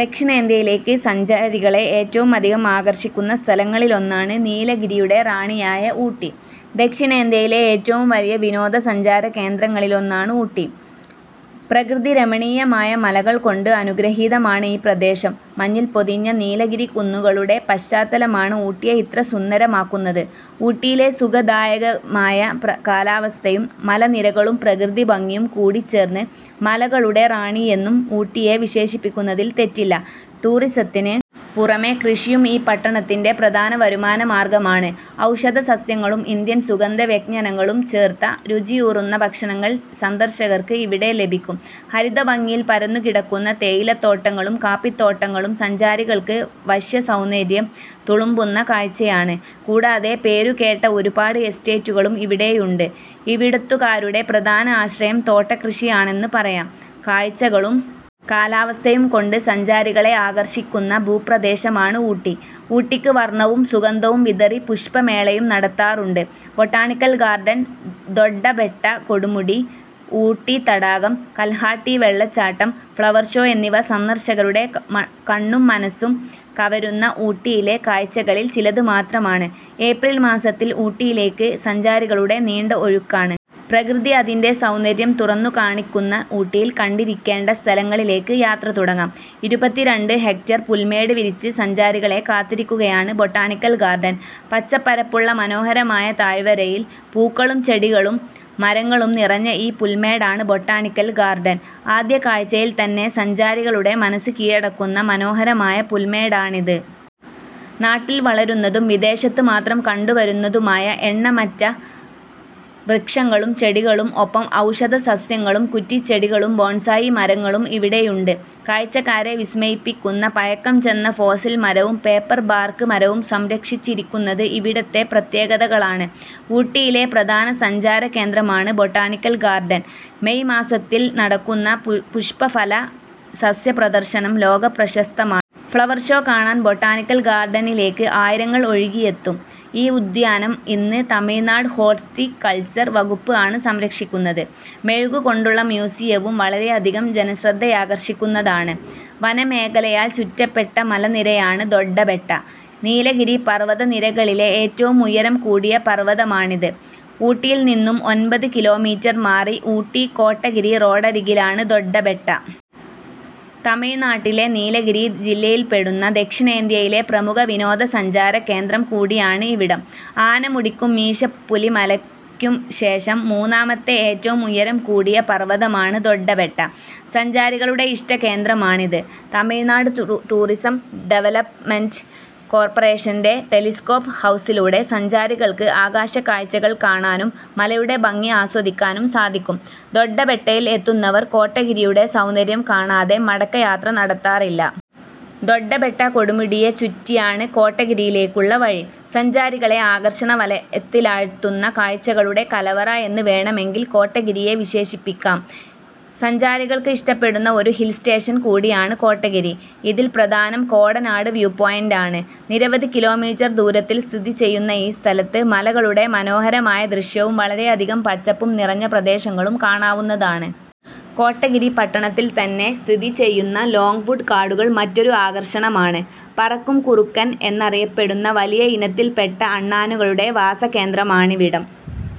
ദക്ഷിണേന്ത്യയിലേക്ക് സഞ്ചാരികളെ ഏറ്റവും അധികം ആകർഷിക്കുന്ന സ്ഥലങ്ങളിലൊന്നാണ് നീലഗിരിയുടെ റാണിയായ ഊട്ടി. ദക്ഷിണേന്ത്യയിലെ ഏറ്റവും വലിയ വിനോദസഞ്ചാരകേന്ദ്രങ്ങളിലൊന്നാണ് ഊട്ടി. പ്രകൃതിരമണീയമായ മലകൾ കൊണ്ട് അനുഗ്രഹീതമാണ് ഈ പ്രദേശം. മഞ്ഞിൽ പൊതിഞ്ഞ നീലഗിരിക്കുന്നുകളുടെ പശ്ചാത്തലമാണ് ഊട്ടിയെ ഇത്ര സുന്ദരമാക്കുന്നത്. ഊട്ടിയിലെ സുഖദായകമായ കാലാവസ്ഥയും മലനിരകളും പ്രകൃതിഭംഗിയും കൂടിച്ചേർന്ന് മലകളുടെ റാണി എന്നും ഊട്ടിയെ വിശേഷിപ്പിക്കുന്നതിൽ തെറ്റില്ല. ടൂറിസത്തിന് പുറമെ കൃഷിയും ഈ പട്ടണത്തിൻറെ പ്രധാന വരുമാനമാർഗമാണ്. ഔഷധസസ്യങ്ങളും ഇന്ത്യൻ സുഗന്ധവ്യഞ്ജനങ്ങളും ചേർത്ത രുചിയൂറുന്ന ഭക്ഷണങ്ങൾ സന്ദർശകർക്ക് ഇവിടെ ലഭിക്കും. ഹരിതഭംഗിയിൽ പരന്നുകിടക്കുന്ന തേയിലത്തോട്ടങ്ങളും കാപ്പിത്തോട്ടങ്ങളും സഞ്ചാരികൾക്ക് വശ്യസൗന്ദര്യം തുളുമ്പുന്ന കാഴ്ചയാണ്. കൂടാതെ പേരുകേട്ട ഒരുപാട് എസ്റ്റേറ്റുകളും ഇവിടെയുണ്ട്. ഇവിടുത്തുകാരുടെ പ്രധാന ആശ്രയം തോട്ടകൃഷിയാണെന്ന് പറയാം. കാഴ്ചകളും കാലാവസ്ഥയും കൊണ്ട് സഞ്ചാരികളെ ആകർഷിക്കുന്ന ഭൂപ്രദേശമാണ് ഊട്ടി. ഊട്ടിക്ക് വർണവും സുഗന്ധവും വിതറി പുഷ്പമേളയും നടത്താറുണ്ട്. ബൊട്ടാണിക്കൽ ഗാർഡൻ, ദൊഡ്ഡബെട്ട കൊടുമുടി, ഊട്ടി തടാകം, കൽഹാട്ടി വെള്ളച്ചാട്ടം, ഫ്ലവർ ഷോ എന്നിവ സന്ദർശകരുടെ മ കണ്ണും മനസ്സും കവരുന്ന ഊട്ടിയിലെ കാഴ്ചകളിൽ ചിലത് മാത്രമാണ്. ഏപ്രിൽ മാസത്തിൽ ഊട്ടിയിലേക്ക് സഞ്ചാരികളുടെ നീണ്ട ഒഴുക്കാണ്. പ്രകൃതി അതിൻറെ സൗന്ദര്യം തുറന്നുകാണിക്കുന്ന ഊട്ടിയിൽ കണ്ടിരിക്കേണ്ട സ്ഥലങ്ങളിലേക്ക് യാത്ര തുടങ്ങാം. ഇരുപത്തിരണ്ട് ഹെക്ടർ പുൽമേട് വിരിച്ച് സഞ്ചാരികളെ കാത്തിരിക്കുകയാണ് ബൊട്ടാണിക്കൽ ഗാർഡൻ. പച്ചപ്പരപ്പുള്ള മനോഹരമായ താഴ്വരയിൽ പൂക്കളും ചെടികളും മരങ്ങളും നിറഞ്ഞ ഈ പുൽമേടാണ് ബൊട്ടാണിക്കൽ ഗാർഡൻ. ആദ്യ കാഴ്ചയിൽ തന്നെ സഞ്ചാരികളുടെ മനസ്സ് കീഴടക്കുന്ന മനോഹരമായ പുൽമേടാണിത്. നാട്ടിൽ വളരുന്നതും വിദേശത്ത് മാത്രം കണ്ടുവരുന്നതുമായ എണ്ണമറ്റ വൃക്ഷങ്ങളും ചെടികളും ഒപ്പം ഔഷധസസ്യങ്ങളും കുറ്റിച്ചെടികളും ബോൺസായി മരങ്ങളും ഇവിടെയുണ്ട്. കാഴ്ചക്കാരെ വിസ്മയിപ്പിക്കുന്ന പഴക്കംചെന്ന ഫോസിൽ മരവും പേപ്പർ ബാർക്ക് മരവും സംരക്ഷിച്ചിരിക്കുന്നത് ഇവിടത്തെ പ്രത്യേകതകളാണ്. ഊട്ടിയിലെ പ്രധാന സഞ്ചാരകേന്ദ്രമാണ് ബൊട്ടാണിക്കൽ ഗാർഡൻ. മേയ് മാസത്തിൽ നടക്കുന്നപു പുഷ്പഫല സസ്യ പ്രദർശനം ലോകപ്രശസ്തമാണ്. ഫ്ലവർ ഷോ കാണാൻ ബൊട്ടാണിക്കൽ ഗാർഡനിലേക്ക് ആയിരങ്ങൾ ഒഴുകിയെത്തും. ഈ ഉദ്യാനം ഇന്ന് തമിഴ്നാട് ഹോർട്ടികൾച്ചർ വകുപ്പ് ആണ് സംരക്ഷിക്കുന്നത്. മെഴുകുകൊണ്ടുള്ള മ്യൂസിയവും വളരെയധികം ജനശ്രദ്ധയാകർഷിക്കുന്നതാണ്. വനമേഖലയാൽ ചുറ്റപ്പെട്ട മലനിരയാണ് ദൊഡ്ഡബെട്ട. നീലഗിരി പർവതനിരകളിലെ ഏറ്റവും ഉയരം കൂടിയ പർവതമാണിത്. ഊട്ടിയിൽനിന്നും ഒൻപത് കിലോമീറ്റർ മാറി ഊട്ടി കോട്ടഗിരി റോഡരികിലാണ് ദൊഡ്ഡബെട്ട. തമിഴ്നാട്ടിലെ നീലഗിരി ജില്ലയിൽപ്പെടുന്ന ദക്ഷിണേന്ത്യയിലെ പ്രമുഖ വിനോദസഞ്ചാരകേന്ദ്രം കൂടിയാണ് ഇവിടം. ആനമുടിക്കും മീശപ്പുലിമലയ്ക്കും ശേഷം മൂന്നാമത്തെ ഏറ്റവും ഉയരം കൂടിയ പർവതമാണ് ദൊഡ്ഡബെട്ട. സഞ്ചാരികളുടെ ഇഷ്ടകേന്ദ്രമാണിത്. തമിഴ്നാട് ടു ടൂറിസം ഡെവലപ്മെന്റ് കോർപ്പറേഷൻറെ ടെലിസ്കോപ്പ് ഹൗസിലൂടെ സഞ്ചാരികൾക്ക് ആകാശക്കാഴ്ചകൾ കാണാനും മലയുടെ ഭംഗി ആസ്വദിക്കാനും സാധിക്കും. ദൊഡ്ഡബെട്ടയിൽ എത്തുന്നവർ കോട്ടഗിരിയുടെ സൗന്ദര്യം കാണാതെ മടക്കയാത്ര നടത്താറില്ല. ദൊഡ്ഡബെട്ട കൊടുമുടിയെ ചുറ്റിയാണ് കോട്ടഗിരിയിലേക്കുള്ള വഴി. സഞ്ചാരികളെ ആകർഷണവലയത്തിലാഴ്ത്തുന്ന കാഴ്ചകളുടെ കലവറ എന്ന് വേണമെങ്കിൽ കോട്ടഗിരിയെ വിശേഷിപ്പിക്കാം. സഞ്ചാരികൾക്ക് ഇഷ്ടപ്പെടുന്ന ഒരു ഹിൽസ്റ്റേഷൻ കൂടിയാണ് കോട്ടഗിരി. ഇതിൽ പ്രധാനം കോടനാട് വ്യൂ പോയിന്റാണ്. നിരവധി കിലോമീറ്റർ ദൂരത്തിൽ സ്ഥിതി ചെയ്യുന്ന ഈ സ്ഥലത്ത് മലകളുടെ മനോഹരമായ ദൃശ്യവും വളരെയധികം പച്ചപ്പും നിറഞ്ഞ പ്രദേശങ്ങളും കാണാവുന്നതാണ്. കോട്ടഗിരി പട്ടണത്തിൽ തന്നെ സ്ഥിതി ചെയ്യുന്ന ലോങ്‌വുഡ് കാടുകൾ മറ്റൊരു ആകർഷണമാണ്. പറക്കും കുറുക്കൻ എന്നറിയപ്പെടുന്ന വലിയ ഇനത്തിൽപ്പെട്ട അണ്ണാനുകളുടെ വാസകേന്ദ്രമാണിവിടം.